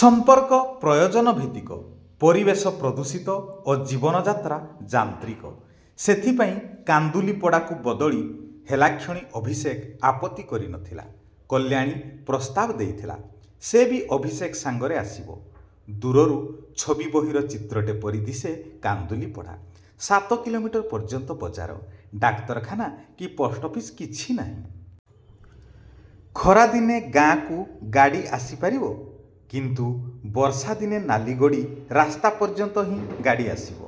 ସମ୍ପର୍କ ପ୍ରୟୋଜନଭିତ୍ତିକ, ପରିବେଶ ପ୍ରଦୂଷିତ ଓ ଜୀବନଯାତ୍ରା ଯାନ୍ତ୍ରିକ। ସେଥିପାଇଁ କାନ୍ଦୁଲିପଡ଼ାକୁ ବଦଳି ହେଲାକ୍ଷଣି ଅଭିଷେକ ଆପତ୍ତି କରି ନଥିଲା। କଲ୍ୟାଣୀ ପ୍ରସ୍ତାବ ଦେଇଥିଲା, ସେ ବି ଅଭିଷେକ ସାଙ୍ଗରେ ଆସିବ। ଦୂରରୁ ଛବିବହିର ଚିତ୍ରଟେ ପରି ଦିଶେ କାନ୍ଦୁଲିପଡ଼ା। ସାତ କିଲୋମିଟର ପର୍ଯ୍ୟନ୍ତ ବଜାର, ଡାକ୍ତରଖାନା କି ପୋଷ୍ଟ୍ ଅଫିସ୍ କିଛି ନାହିଁ। ଖରାଦିନେ ଗାଁକୁ ଗାଡ଼ି ଆସିପାରିବ, କିନ୍ତୁ ବର୍ଷାଦିନେ ନାଲିଗୋଡ଼ି ରାସ୍ତା ପର୍ଯ୍ୟନ୍ତ ହିଁ ଗାଡ଼ି ଆସିବ,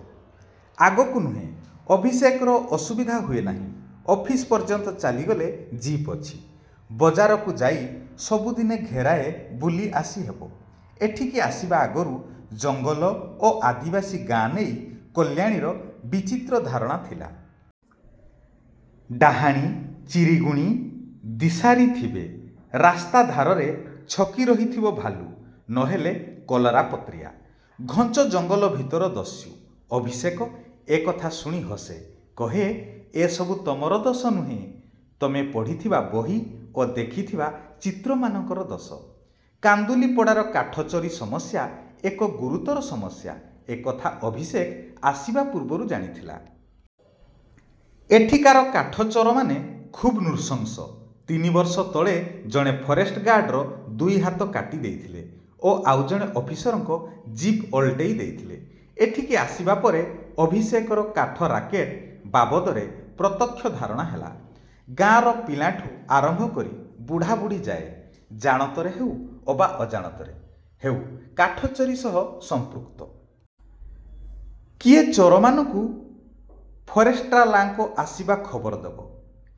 ଆଗକୁ ନୁହେଁ। ଅଭିଷେକର ଅସୁବିଧା ହୁଏ ନାହିଁ। ଅଫିସ୍ ପର୍ଯ୍ୟନ୍ତ ଚାଲିଗଲେ ଜିପ୍ ଅଛି, ବଜାରକୁ ଯାଇ ସବୁଦିନେ ଘେରାଏ ବୁଲି ଆସିହେବ। ଏଠିକି ଆସିବା ଆଗରୁ ଜଙ୍ଗଲ ଓ ଆଦିବାସୀ ଗାଁ ନେଇ କଲ୍ୟାଣୀର ବିଚିତ୍ର ଧାରଣା ଥିଲା। ଡାହାଣୀ, ଚିରିଗୁଣୀ, ଦିଶାରୀ ଥିବେ, ରାସ୍ତା ଧାରରେ ଛକି ରହିଥିବ ଭାଲୁ, ନହେଲେ କଲରାପତ୍ରିଆ। ଘଞ୍ଚ ଜଙ୍ଗଲ ଭିତର ଦସ୍ୟୁ। ଅଭିଷେକ ଏକଥା ଶୁଣି ହସେ। କହେ, ଏସବୁ ତମର ଦୋଷ ନୁହେଁ, ତମେ ପଢ଼ିଥିବା ବହି ଓ ଦେଖିଥିବା ଚିତ୍ରମାନଙ୍କର ଦୋଷ। କାନ୍ଦୁଲିପଡ଼ାର କାଠ ଚୋରି ସମସ୍ୟା ଏକ ଗୁରୁତର ସମସ୍ୟା-ଏକଥା ଅଭିଷେକ ଆସିବା ପୂର୍ବରୁ ଜାଣିଥିଲା। ଏଠିକାର କାଠ ଚୋରମାନେ ଖୁବ୍ ନୃଶଂସ। ତିନି ବର୍ଷ ତଳେ ଜଣେ ଫରେଷ୍ଟ୍ ଗାର୍ଡର ଦୁଇ ହାତ କାଟି ଦେଇଥିଲେ ଓ ଆଉ ଜଣେ ଅଫିସରଙ୍କ ଜିପ୍ ଓଲଟେଇ ଦେଇଥିଲେ। ଏଠିକି ଆସିବା ପରେ ଅଭିଷେକର କାଠ ରାକେଟ୍ ବାବଦରେ ପ୍ରତ୍ୟକ୍ଷ ଧାରଣା ହେଲା। ଗାଁର ପିଲାଠୁଁ ଆରମ୍ଭ କରି ବୁଢ଼ାବୁଢ଼ୀ ଯାଏ, ଜାଣତରେ ହେଉ ଅବା ଅଜାଣତରେ ହେଉ କାଠଚୋରି ସହ ସଂପୃକ୍ତ। କିଏ ଚୋରମାନଙ୍କୁ ଫରେଷ୍ଟ୍ବାଲାଙ୍କ ଆସିବା ଖବର ଦେବ,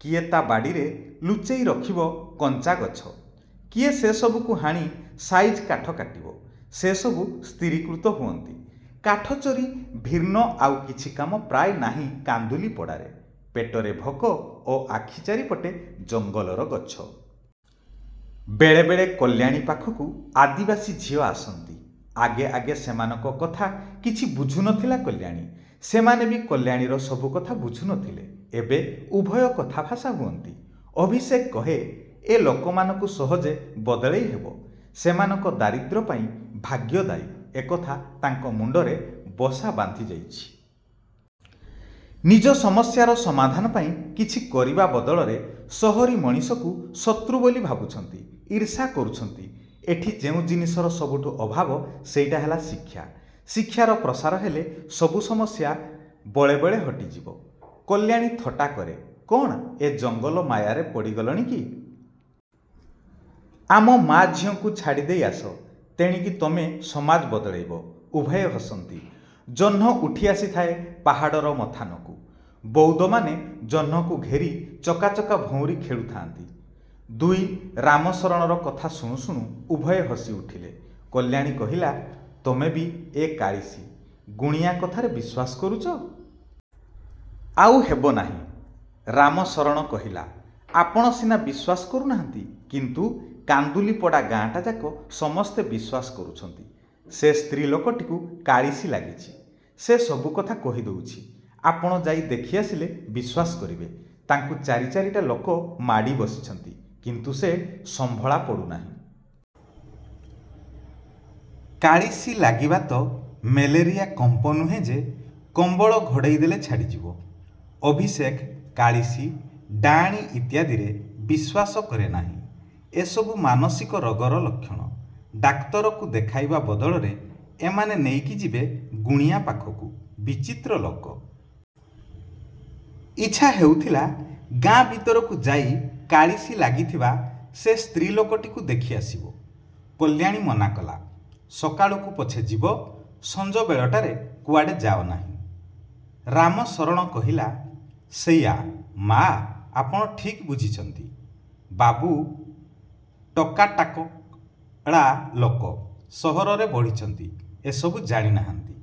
କିଏ ତା ବାଡ଼ିରେ ଲୁଚେଇ ରଖିବ କଞ୍ଚା ଗଛ, କିଏ ସେସବୁକୁ ହାଣି ସାଇଜ କାଠ କାଟିବ-ସେସବୁ ସ୍ଥିରୀକୃତ ହୁଅନ୍ତି। କାଠଚୋରି ଭିନ୍ନ ଆଉ କିଛି କାମ ପ୍ରାୟ ନାହିଁ କାନ୍ଦୁଲିପଡ଼ାରେ। ପେଟରେ ଭୋକ ଓ ଆଖି ଚାରିପଟେ ଜଙ୍ଗଲର ଗଛ। ବେଳେବେଳେ କଲ୍ୟାଣୀ ପାଖକୁ ଆଦିବାସୀ ଝିଅ ଆସନ୍ତି। ଆଗେ ଆଗେ ସେମାନଙ୍କ କଥା କିଛି ବୁଝୁ ନଥିଲା କଲ୍ୟାଣୀ। ସେମାନେ ବି କଲ୍ୟାଣୀର ସବୁ କଥା ବୁଝୁ ନଥିଲେ-। ଏବେ ଉଭୟ କଥାଭାଷା ହୁଅନ୍ତି। ଅଭିଷେକ କହେ, 'ଏ ଲୋକମାନଙ୍କୁ ସହଜେ ବଦଳେଇ ହେବ। ସେମାନଙ୍କ ଦାରିଦ୍ର୍ୟ ପାଇଁ ଭାଗ୍ୟ ଦାୟୀ, ଏକଥା ତାଙ୍କ ମୁଣ୍ଡରେ ବସା ବାନ୍ଧି ଯାଇଛି। ନିଜ ସମସ୍ୟାର ସମାଧାନ ପାଇଁ କିଛି କରିବା ବଦଳରେ ସହରୀ ମଣିଷକୁ ଶତ୍ରୁ ବୋଲି ଭାବୁଛନ୍ତି, ଈର୍ଷା କରୁଛନ୍ତି। ଏଠି ଯେଉଁ ଜିନିଷର ସବୁଠୁ ଅଭାବ, ସେଇଟା ହେଲା ଶିକ୍ଷା। ଶିକ୍ଷାର ପ୍ରସାର ହେଲେ ସବୁ ସମସ୍ୟା ବଳେବଳେ ହଟିଯିବ। ' କଲ୍ୟାଣୀ ଥଟ୍ଟା କରେ, "କଣ ଏ ଜଙ୍ଗଲ ମାୟାରେ ପଡ଼ିଗଲଣି କି? ଆମ ମା ଝିଅଙ୍କୁ ଛାଡ଼ିଦେଇ ଆସ, ତେଣିକି ତମେ ସମାଜ ବଦଳେଇବ। " ଉଭୟେ ହସନ୍ତି। ଜହ୍ନ ଉଠିଆସିଥାଏ ପାହାଡ଼ର ମଥାନକୁ। ବଉଦମାନେ ଜହ୍ନକୁ ଘେରି ଚକାଚକା ଭଉଁରି ଖେଳୁଥାଆନ୍ତି। ଦୁଇ। ରାମଶରଣର କଥା ଶୁଣୁ ଶୁଣୁ ଉଭୟେ ହସି ଉଠିଲେ। କଲ୍ୟାଣୀ କହିଲା, "ତମେ ବି ଏ କାଳିଶୀ, ଗୁଣିଆ କଥାରେ ବିଶ୍ୱାସ କରୁଛ? ଆଉ ହେବ ନାହିଁ। " ରାମଶରଣ କହିଲା, "ଆପଣ ସିନା ବିଶ୍ୱାସ କରୁନାହାନ୍ତି, କିନ୍ତୁ କାନ୍ଦୁଲିପଡ଼ା ଗାଆଁଟାଯାକ ସମସ୍ତେ ବିଶ୍ୱାସ କରୁଛନ୍ତି। ସେ ସ୍ତ୍ରୀ ଲୋକଟିକୁ କାଳିଶୀ ଲାଗିଛି। ସେ ସବୁ କଥା କହିଦେଉଛି। ଆପଣ ଯାଇ ଦେଖି ଆସିଲେ ବିଶ୍ୱାସ କରିବେ। ତାକୁ ଚାରି ଚାରିଟା ଲୋକ ମାଡ଼ି ବସିଛନ୍ତି, କିନ୍ତୁ ସେ ସମ୍ଭଳା ପଡ଼ୁନାହିଁ। କାଳିଶୀ ଲାଗିବା ତ ମ୍ୟାଲେରିଆ କମ୍ପ ନୁହେଁ ଯେ କମ୍ବଳ ଘୋଡ଼େଇ ଦେଲେ ଛାଡ଼ିଯିବ। " ଅଭିଷେକ କାଳିଶୀ, ଡାଆଣୀ ଇତ୍ୟାଦିରେ ବିଶ୍ୱାସ କରେ ନାହିଁ। ଏସବୁ ମାନସିକ ରୋଗର ଲକ୍ଷଣ। ଡାକ୍ତରକୁ ଦେଖାଇବା ବଦଳରେ ଏମାନେ ନେଇକି ଯିବେ ଗୁଣିଆ ପାଖକୁ। ବିଚିତ୍ର ଲୋକ। ଇଚ୍ଛା ହେଉଥିଲା ଗାଆଁ ଭିତରକୁ ଯାଇ କାଳିଶୀ ଲାଗିଥିବା ସେ ସ୍ତ୍ରୀଲୋକଟିକୁ ଦେଖି ଆସିବ। କଲ୍ୟାଣୀ ମନା କଲା-"ସକାଳକୁ ପଛେ ଯିବ, ସଞ୍ଜବେଳଟାରେ କୁଆଡ଼େ ଯାଅନାହିଁ। " ରାମଶରଣ କହିଲା, 'ସେଇଆ ମା, ଆପଣ ଠିକ୍ ବୁଝିଛନ୍ତି। ବାବୁ ଟୋକାଟାକଳା ଲୋକ। ସହରରେ ବଢ଼ିଛନ୍ତି। ଏସବୁ ଜାଣିନାହାନ୍ତି।